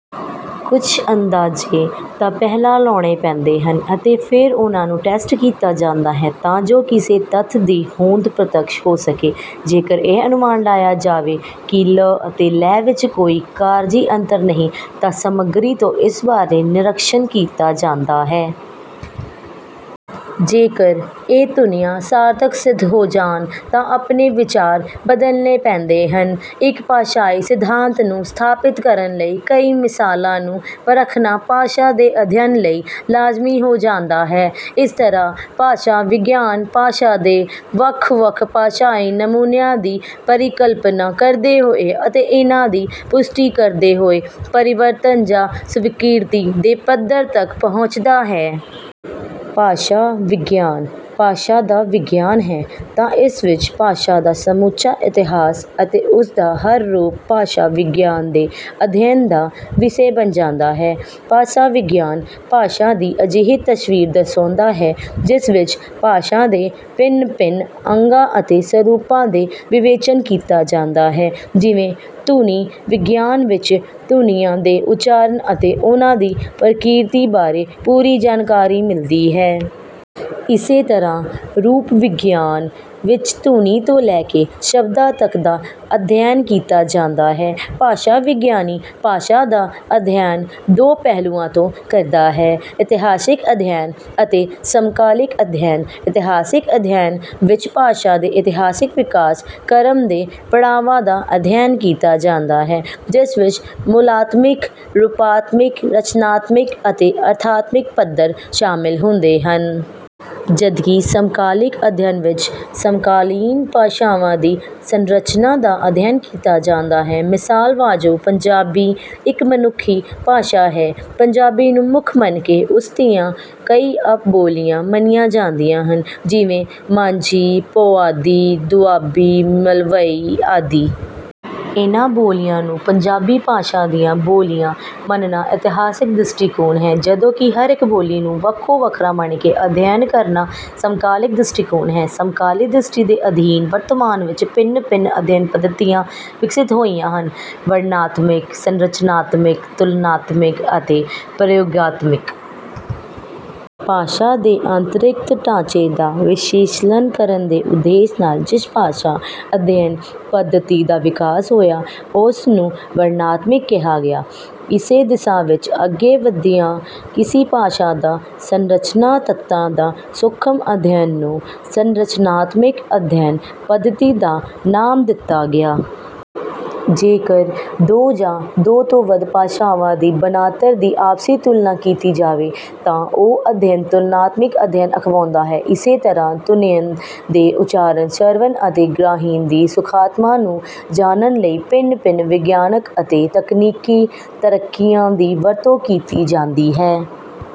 ਕੁਝ ਅੰਦਾਜ਼ੇ ਤਾਂ ਪਹਿਲਾਂ ਲਾਉਣੇ ਪੈਂਦੇ ਹਨ ਅਤੇ ਫੇਰ ਉਹਨਾਂ ਨੂੰ ਟੈਸਟ ਕੀਤਾ ਜਾਂਦਾ ਹੈ, ਤਾਂ ਜੋ ਕਿਸੇ ਤੱਥ ਦੀ ਹੋਂਦ ਪ੍ਰਤੱਖ ਹੋ ਸਕੇ। ਜੇਕਰ ਇਹ ਅਨੁਮਾਨ ਲਾਇਆ ਜਾਵੇ ਕਿ 'ਲ' ਅਤੇ 'ਲ਼' ਵਿੱਚ ਕੋਈ ਕਾਰਜੀ ਅੰਤਰ ਨਹੀਂ, ਤਾਂ ਸਮਗਰੀ ਤੋਂ ਇਸ ਬਾਰੇ ਨਿਰਖਸਣ ਕੀਤਾ ਜਾਂਦਾ ਹੈ। ਜੇਕਰ ਇਹ ਧੁਨੀਆਂ ਸਾਰਥਕ ਸਿੱਧ ਹੋ ਜਾਣ, ਤਾਂ ਆਪਣੇ ਵਿਚਾਰ ਬਦਲਣੇ ਪੈਂਦੇ ਹਨ। ਇੱਕ ਭਾਸ਼ਾਈ ਸਿਧਾਂਤ ਨੂੰ ਸਥਾਪਿਤ ਕਰਨ ਲਈ ਕਈ ਮਿਸਾਲਾਂ ਨੂੰ ਪਰਖਣਾ ਭਾਸ਼ਾ ਦੇ ਅਧਿਐਨ ਲਈ ਲਾਜ਼ਮੀ ਹੋ ਜਾਂਦਾ ਹੈ। ਇਸ ਤਰ੍ਹਾਂ ਭਾਸ਼ਾ-ਵਿਗਿਆਨ, ਭਾਸ਼ਾ ਦੇ ਵੱਖ-ਵੱਖ ਭਾਸ਼ਾਈ ਨਮੂਨਿਆਂ ਦੀ ਪਰਿਕਲਪਨਾ ਕਰਦੇ ਹੋਏ ਅਤੇ ਇਹਨਾਂ ਦੀ ਪੁਸ਼ਟੀ ਕਰਦੇ ਹੋਏ, ਪਰਿਵਰਤਨ ਜਾਂ ਸਵੀਕ੍ਰਿਤੀ ਦੇ ਪੱਧਰ ਤੱਕ ਪਹੁੰਚਦਾ ਹੈ। ਭਾਸ਼ਾ-ਵਿਗਿਆਨ ਭਾਸ਼ਾ ਦਾ ਵਿਗਿਆਨ ਹੈ, ਤਾਂ ਇਸ ਵਿੱਚ ਭਾਸ਼ਾ ਦਾ ਸਮੁੱਚਾ ਇਤਿਹਾਸ ਅਤੇ ਉਸ ਦਾ ਹਰ ਰੂਪ ਭਾਸ਼ਾ-ਵਿਗਿਆਨ ਦੇ ਅਧਿਐਨ ਦਾ ਵਿਸ਼ਾ ਬਣ ਜਾਂਦਾ ਹੈ। ਭਾਸ਼ਾ-ਵਿਗਿਆਨ, ਭਾਸ਼ਾ ਦੀ ਅਜਿਹੀ ਤਸਵੀਰ ਦਰਸਾਉਂਦਾ ਹੈ ਜਿਸ ਵਿੱਚ ਭਾਸ਼ਾ ਦੇ ਭਿੰਨ-ਭਿੰਨ ਅੰਗਾਂ ਅਤੇ ਸਰੂਪਾਂ ਦਾ ਵਿਵੇਚਨ ਕੀਤਾ ਜਾਂਦਾ ਹੈ; ਜਿਵੇਂ ਧੁਨੀ-ਵਿਗਿਆਨ ਵਿੱਚ ਧੁਨੀਆਂ ਦੇ ਉਚਾਰਨ ਅਤੇ ਉਹਨਾਂ ਦੀ ਪ੍ਰਕਿਰਤੀ ਬਾਰੇ ਪੂਰੀ ਜਾਣਕਾਰੀ ਮਿਲਦੀ ਹੈ। ਇਸੇ ਤਰ੍ਹਾਂ ਰੂਪ-ਵਿਗਿਆਨ ਵਿੱਚ ਧੁਨੀ ਤੋਂ ਲੈ ਕੇ ਸ਼ਬਦਾਂ ਤੱਕ ਦਾ ਅਧਿਐਨ ਕੀਤਾ ਜਾਂਦਾ ਹੈ। ਭਾਸ਼ਾ-ਵਿਗਿਆਨੀ ਭਾਸ਼ਾ ਦਾ ਅਧਿਐਨ ਦੋ ਪਹਿਲੂਆਂ ਤੋਂ ਕਰਦਾ ਹੈ: ਇਤਿਹਾਸਿਕ ਅਧਿਐਨ ਅਤੇ ਸਮਕਾਲਿਕ ਅਧਿਐਨ। ਇਤਿਹਾਸਿਕ ਅਧਿਐਨ ਵਿੱਚ ਭਾਸ਼ਾ ਦੇ ਇਤਿਹਾਸਿਕ ਵਿਕਾਸ ਕ੍ਰਮ ਦੇ ਪੜਾਵਾਂ ਦਾ ਅਧਿਐਨ ਕੀਤਾ ਜਾਂਦਾ ਹੈ, ਜਿਸ ਵਿੱਚ ਮੂਲਾਤਮਿਕ, ਰੂਪਾਤਮਿਕ, ਰਚਨਾਤਮਿਕ ਅਤੇ ਅਰਥਾਤਮਿਕ ਪੱਧਰ ਸ਼ਾਮਲ ਹੁੰਦੇ ਹਨ। ਜਦਕਿ ਸਮਕਾਲਿਕ ਅਧਿਐਨ ਵਿੱਚ ਸਮਕਾਲੀਨ ਭਾਸ਼ਾਵਾਂ ਦੀ ਸੰਰਚਨਾ ਦਾ ਅਧਿਐਨ ਕੀਤਾ ਜਾਂਦਾ ਹੈ। ਮਿਸਾਲ ਵਜੋਂ, ਪੰਜਾਬੀ ਇੱਕ ਮਨੁੱਖੀ ਭਾਸ਼ਾ ਹੈ। ਪੰਜਾਬੀ ਨੂੰ ਮੁੱਖ ਮੰਨ ਕੇ ਉਸ ਦੀਆਂ ਕਈ ਉਪ-ਬੋਲੀਆਂ ਮੰਨੀਆਂ ਜਾਂਦੀਆਂ ਹਨ; ਜਿਵੇਂ—ਮਾਝੀ, ਪੁਆਧੀ, ਦੁਆਬੀ, ਮਲਵਈ ਆਦਿ। ਇਹਨਾਂ ਬੋਲੀਆਂ ਨੂੰ ਪੰਜਾਬੀ ਭਾਸ਼ਾ ਦੀਆਂ ਬੋਲੀਆਂ ਮੰਨਣਾ ਇਤਿਹਾਸਿਕ ਦ੍ਰਿਸ਼ਟੀਕੋਣ ਹੈ, ਜਦੋਂ ਕਿ ਹਰ ਇੱਕ ਬੋਲੀ ਨੂੰ ਵੱਖੋ-ਵੱਖਰਾ ਮੰਨ ਕੇ ਅਧਿਐਨ ਕਰਨਾ ਸਮਕਾਲਿਕ ਦ੍ਰਿਸ਼ਟੀਕੋਣ ਹੈ। ਸਮਕਾਲੀ ਦ੍ਰਿਸ਼ਟੀ ਦੇ ਅਧੀਨ ਵਰਤਮਾਨ ਵਿੱਚ ਭਿੰਨ-ਭਿੰਨ ਅਧਿਐਨ-ਪੱਧਤੀਆਂ ਵਿਕਸਿਤ ਹੋਈਆਂ ਹਨ: ਵਰਣਨਾਤਮਿਕ, ਸੰਰਚਨਾਤਮਿਕ, ਤੁਲਨਾਤਮਿਕ ਅਤੇ ਪ੍ਰਯੋਗਾਤਮਿਕ। ਭਾਸ਼ਾ ਦੇ ਆਂਤਰਿਕ ਢਾਂਚੇ ਦਾ ਵਿਸ਼ਲੇਸ਼ਣ ਕਰਨ ਦੇ ਉਦੇਸ਼ ਨਾਲ ਜਿਸ ਭਾਸ਼ਾ-ਅਧਿਐਨ ਪੱਧਤੀ ਦਾ ਵਿਕਾਸ ਹੋਇਆ, ਉਸ ਨੂੰ 'ਵਰਣਨਾਤਮਿਕ' ਕਿਹਾ ਗਿਆ। ਇਸੇ ਦਿਸ਼ਾ ਵਿੱਚ ਅੱਗੇ ਵਧਦਿਆਂ ਕਿਸੇ ਭਾਸ਼ਾ ਦੇ ਸੰਰਚਨਾ-ਤੱਤਾਂ ਦੇ ਸੂਖ਼ਮ ਅਧਿਐਨ ਨੂੰ 'ਸੰਰਚਨਾਤਮਿਕ ਅਧਿਐਨ ਪੱਧਤੀ' ਦਾ ਨਾਂ ਦਿੱਤਾ ਗਿਆ। ਜੇਕਰ ਦੋ ਜਾਂ ਦੋ ਤੋਂ ਵੱਧ ਭਾਸ਼ਾਵਾਂ ਦੀ ਬਣਤਰ ਦੀ ਆਪਸੀ ਤੁਲਨਾ ਕੀਤੀ ਜਾਵੇ, ਤਾਂ ਉਹ ਅਧਿਐਨ 'ਤੁਲਨਾਤਮਿਕ ਅਧਿਐਨ' ਅਖਵਾਉਂਦਾ ਹੈ। ਇਸੇ ਤਰ੍ਹਾਂ ਧੁਨੀਆਂ ਦੇ ਉਚਾਰਨ, ਸ਼੍ਰਵਣ ਅਤੇ ਗ੍ਰਹਿਣ ਦੀ ਸੂਖ਼ਮਤਾ ਨੂੰ ਜਾਣਨ ਲਈ ਭਿੰਨ-ਭਿੰਨ ਵਿਗਿਆਨਿਕ ਅਤੇ ਤਕਨੀਕੀ ਤਰੀਕਿਆਂ ਦੀ ਵਰਤੋਂ ਕੀਤੀ ਜਾਂਦੀ ਹੈ।